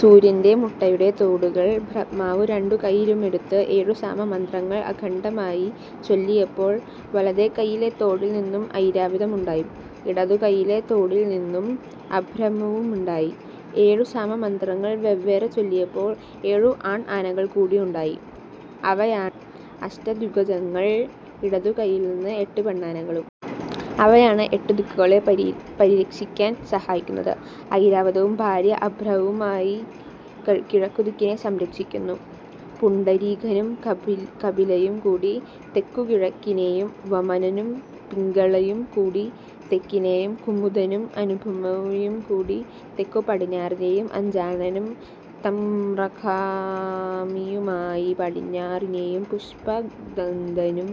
സൂര്യന്റെ മുട്ടയുടെ തോടുകള് ബ്രപ്മാവു രണ്ടു കൈയിലുമെടുത്ത് ഏഴു സാമ മന്ത്രങ്ങൾ അഖണ്ഡമായി ചൊല്ലിയപ്പോൾ വലതെ കൈയിലെ തോടിൽ നിന്നും ഐരാവതം ഉണ്ടായി. ഇടതുകൈയിലെ തോടിൽ നിന്നും അഭ്രമുവുമുണ്ടായി. ഏഴുസാമമന്ത്രങ്ങൾ വെവ്വേറെ ചൊല്ലിയപ്പോൾ ഏഴു ആൺ ആനകൾ കൂടിയുണ്ടായി. അവയാണ് അഷ്ടദ്വിഗജങ്ങൾ. ഇടതുകൈയിൽ നിന്ന് എട്ട് പെണ്ണാനകളും. അവയാണ് എട്ടുദിക്കുകളെ പരിരക്ഷിക്കാൻ സഹായിക്കുന്നത്. ഐരാവതവും ഭാര്യ അഭ്രമുവുമായി കിഴക്കു ദിക്കിനെ സംരക്ഷിക്കുന്നു. പുണ്ഡരീകനും കപിലയും കൂടി തെക്കു-കിഴക്കിനേയും വമനനും പിംഗളയും കൂടി തെക്കിനേയും കുമുദനും അനുപമയും കൂടി തെക്കു-പടിഞ്ഞാറിനേയും അഞ്ചാനനും തംമ്രകാമിയുമായി പടിഞ്ഞാറിനേയും പുഷ്പ ദന്ദനും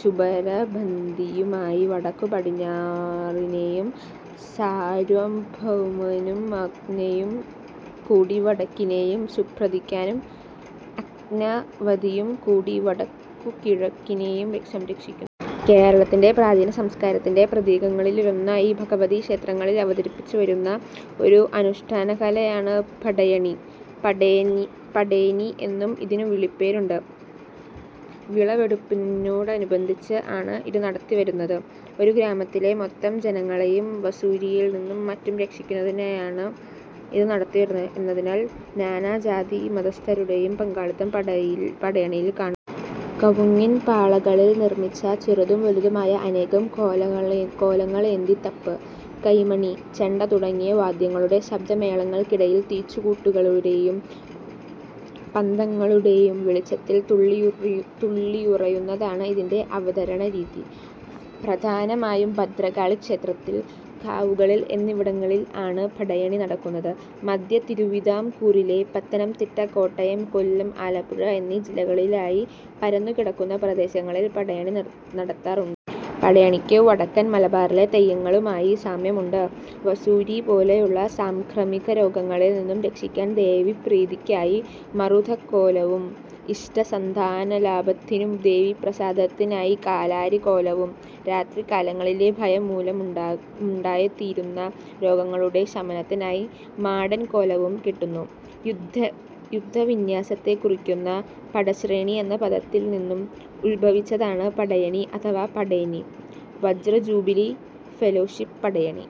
ശുഭരദന്ദിയുമായി വടക്കു-പടിഞ്ഞാറിനേയും സാര്വഭൌമനും അംഗനയും കൂടി വടക്കിനേയും സുപ്രധികനും അഞജനവതിയും കൂടീ വടക്കുകിഴക്കിനേയും സംരക്ഷിക്കുന്നു. കേരളത്തിന്റെ പ്രാചീന സംസ്കാരത്തിന്റെ പ്രതീകങ്ങളിലൊന്നായി ഭഗവതി ക്ഷേത്രങ്ങളിൽ അവതരിപ്പിച്ചുവരുന്ന ഒരു അനുഷ്ഠാനകലയാണ് പടയണി. പടേനി എന്നും ഇതിനു വിളിപ്പേരുണ്ട്.. വിളവെടുപ്പിനോടനുബന്ധിച്ച് ആണ് ഇത് നടത്തിവരുന്നത്. ഒരു ഗ്രാമത്തിലെ മൊത്തം ജനങ്ങളെയും വസൂരിയിൽ നിന്നും മറ്റും രക്ഷിക്കുന്നതിനായാണ് ഇത് നടത്തിവരുന്നത് എന്നതിനാൽ നാനാജാതിമതസ്ഥരുടേയും പങ്കാളിത്തം പടയണിയിൽ കാണുവാനാകും. കവുങ്ങിൻപാളകളിൽ നിർമ്മിച്ച ചെറുതും വലുതുമായ അനേകം കോലങ്ങളേന്തി തപ്പ്, കൈമണി, ചെണ്ട തുടങ്ങിയ വാദ്യങ്ങളുടെ ശബ്ദമേളങ്ങൾക്കിടയിൽ തീച്ചൂട്ടുകളുടേയും പന്തങ്ങളുടേയും വെളിച്ചത്തിൽ തുള്ളിയുറയുന്നതാണ് ഇതിന്റെ അവതരണരീതി. പ്രധാനമായും ഭദ്രകാളി ക്ഷേത്രത്തിൽ, കാവുകളിൽ എന്നിവിടങ്ങളിൽ ആണ് പടയണി നടക്കുന്നത്. മധ്യ തിരുവിതാംകൂറിലെ പത്തനംതിട്ട, കോട്ടയം, കൊല്ലം, ആലപ്പുഴ എന്നീ ജില്ലകളിലായി പരന്നുകിടക്കുന്ന പ്രദേശങ്ങളിൽ പടയണി നടത്താറുണ്ട്. പടയണിക്കു വടക്കൻ മലബാറിലെ തെയ്യങ്ങളുമായി സാമ്യം ഉണ്ട്. വസൂരിപോലെയുള്ള സാംക്രമികരോഗങ്ങളിൽ നിന്നു രക്ഷിക്കാൻ ദേവീപ്രീതിക്കായി മറുതക്കോലവും ഇഷ്ടസന്താനലാഭത്തിനു ദേവീപ്രസാദത്തിനായി കാലാരിക്കോലവും രാത്രികാലങ്ങളിലെ ഭയംമൂലമുണ്ടായിത്തീരുന്ന രോഗങ്ങളുടെ ശമനത്തിനായി മാടൻകോലവും കെട്ടുന്നു. യുദ്ധവിന്യാസത്തെക്കുറിയ്ക്കുന്ന പടശ്രേണി എന്ന പദത്തിൽ നിന്നും ഉത്ഭവിച്ചതാണ് പടയണി അഥവാ പടേനി. വജ്രജൂബിലി ഫെലോഷിപ്പ് പടയണി